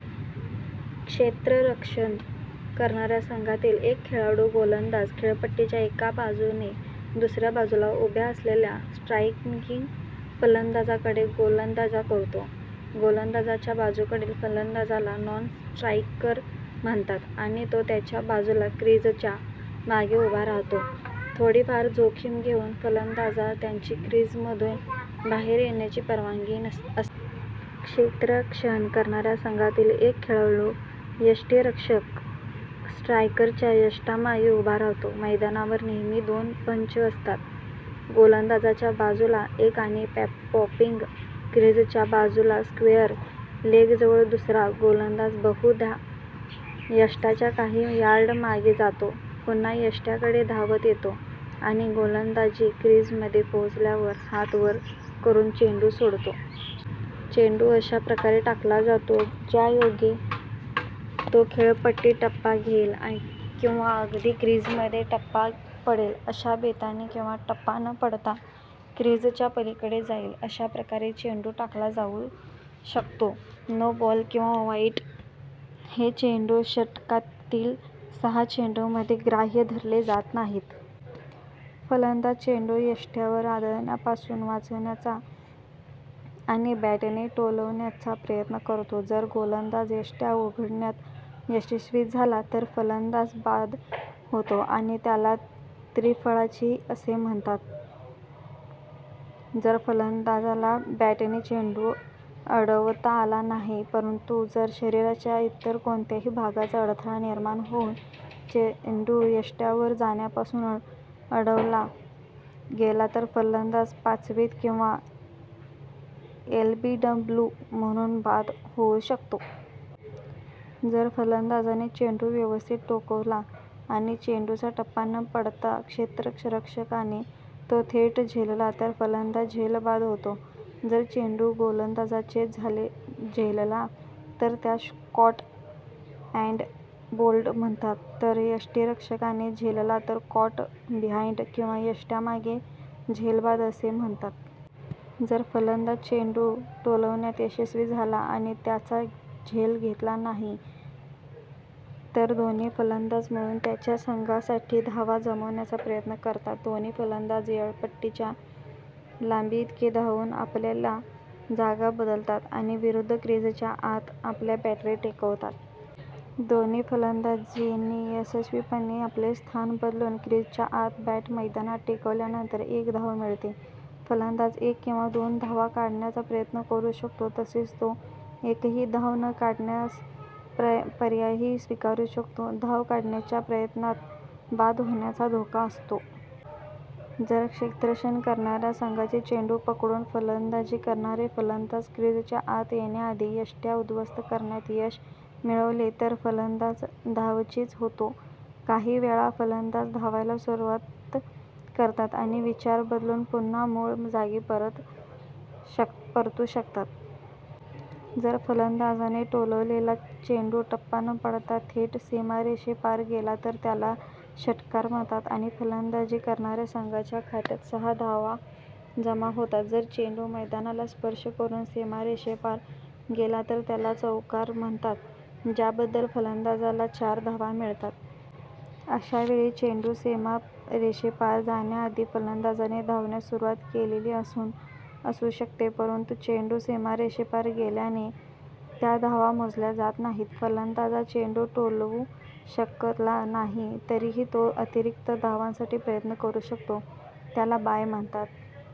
क्षेत्ररक्षण करणाऱ्या संघातील एक खेळाडू गोलंदाज, खेळपट्टीच्या एका बाजूने दुसऱ्या बाजूला उभ्या असलेल्या स्ट्राईकिंग फलंदाजाकडे गोलंदाजी करतो. गोलंदाजाच्या बाजूकडील फलंदाजाला नॉन-स्ट्राईकर म्हणतात, आणि तो त्याच्या बाजूच्या क्रिजच्या मागे उभा राहतो. थोडी फार जोखीम घेऊन, फलंदाजाला त्यांच्या क्रिजमधून बाहेर येण्याची परवानगी असते. क्षेत्ररक्षण करणाऱ्या संघातील एक खेळाडू, यष्टिरक्षक, स्ट्रायकरच्या यष्ट्यांमागे उभा राहतो. मैदानावर नेहमी दोन पंच असतात. गोलंदाजाच्या बाजूला एक आणि पॉपिंग क्रिजच्या बाजूला स्क्वेअर लेगजवळ दुसरा. गोलंदाज बहुधा यष्ट्यांच्या काही यार्ड मागे जातो, पुन्हा यष्ट्यांकडे धावत येतो आणि गोलंदाजी क्रिज मध्ये पोहोचल्यावर हात वर करून चेंडू सोडतो. चेंडू अशा प्रकारे टाकला जातो, ज्यायोगे तो खेळपट्टीवर टप्पा घेईल किंवा अगदी क्रिजमध्ये टप्पा पडेल अशा बेताने, किंवा टप्पा न पडता क्रिजच्या पलीकडे जाईल, अशा प्रकारे चेंडू टाकला जाऊ शकतो. नो बॉल किंवा वाईड हे चेंडू षटकातील सहा चेंडूंमध्ये ग्राह्य धरले जात नाहीत. फलंदाज चेंडू यष्ट्यांवर आदळण्यापासून वाचवण्याचा आणि बॅटने टोलवण्याचा प्रयत्न करतो. जर गोलंदाज, यष्ट्या उखडण्यात यशस्वी झाला तर फलंदाज बाद होतो आणि त्याला त्रिफळाचीत असे म्हणतात. जर फलंदाजाला बॅटने चेंडू अडवता आला नाही, परंतु जर शरीराच्या इतर कोणत्याही भागाचा अडथळा निर्माण होऊन, चेंडू यष्ट्यांवर जाण्यापासून अडवला गेला तर फलंदाज पायचीत, किंवा "एलबीडब्लू" म्हणून बाद होऊ शकतो. जर फलंदाजाने चेंडू व्यवस्थित टोलवला आणि चेंडूचा टप्पा न पडता क्षेत्ररक्षकाने तो थेट झेलला तर फलंदाज झेलबाद होतो. जर चेंडू गोलंदाजाचेच झेलला तर त्यास कॉट अँड बोल्ड म्हणतात; तर यष्टिरक्षकाने झेलला तर, कॉट बिहाईंड किंवा यष्ट्यांमागे झेलबाद असे म्हणतात. जर फलंदाज चेंडू टोलवण्यात यशस्वी झाला आणि त्याचा झेल घेतला गेला नाही, तर दोन्ही फलंदाज मिळून त्यांच्या संघासाठी धावा जमावण्याचा प्रयत्न करतात. दोन्ही फलंदाज खेळपट्टीच्या लांबीइतके धावून आपापल्या जागा बदलतात आणि विरुद्ध क्रिजच्या आत आपल्या बॅटी टेकवतात. दोन्ही फलंदाजांनी यशस्वीपणे आपले स्थान बदलून, क्रिजच्या आत बॅट मैदानाला टेकवल्यानंतर एक धाव मिळते. फलंदाज एक किंवा दोन धावा काढण्याचा प्रयत्न करू शकतो तसेच तो एकही धाव न काढण्याचा पर्यायही स्वीकारू शकतो. धाव काढण्याच्या प्रयत्नात बाद होण्याचा धोका असतो. जर क्षेत्ररक्षण करणाऱ्या संघाने चेंडू पकडून फलंदाजी करणारे फलंदाज क्रिजच्या आत येण्याआधी यष्ट्या उद्ध्वस्त करण्यात यश मिळवले, तर फलंदज धावचीत होतो. काही वेळा फलंदाज धावायला सुरुवात करतात, आणि विचार बदलून पुन्हा मूळ जागी परतू शकतात. जर फलंदाजाने टोलवलेला चेंडू टप्पा न पडता थेट सीमारेषेपार गेला तर त्याला षट्कार म्हणतात, आणि फलंदाजी करणाऱ्या संघाच्या खात्यात सहा धावा जमा होतात. जर चेंडू मैदानाला स्पर्श करून सीमारेषेपार गेला तर त्याला चौकार म्हणतात, ज्याबद्दल फलंदाजाला चार धावा मिळतात. अशा वेळी चेंडू सीमारेषेपार जाण्याआधी फलंदाजाने धावण्यास सुरुवात केलेली असू शकते, परंतु चेंडू सीमारेषेपार गेल्याने, त्या धावा मोजल्या जात नाहीत. फलंदाजा चेंडू टोलवू शकला नाही तरीही तो अतिरिक्त धावांसाठी प्रयत्न करू शकतो: त्याला बाय म्हणतात.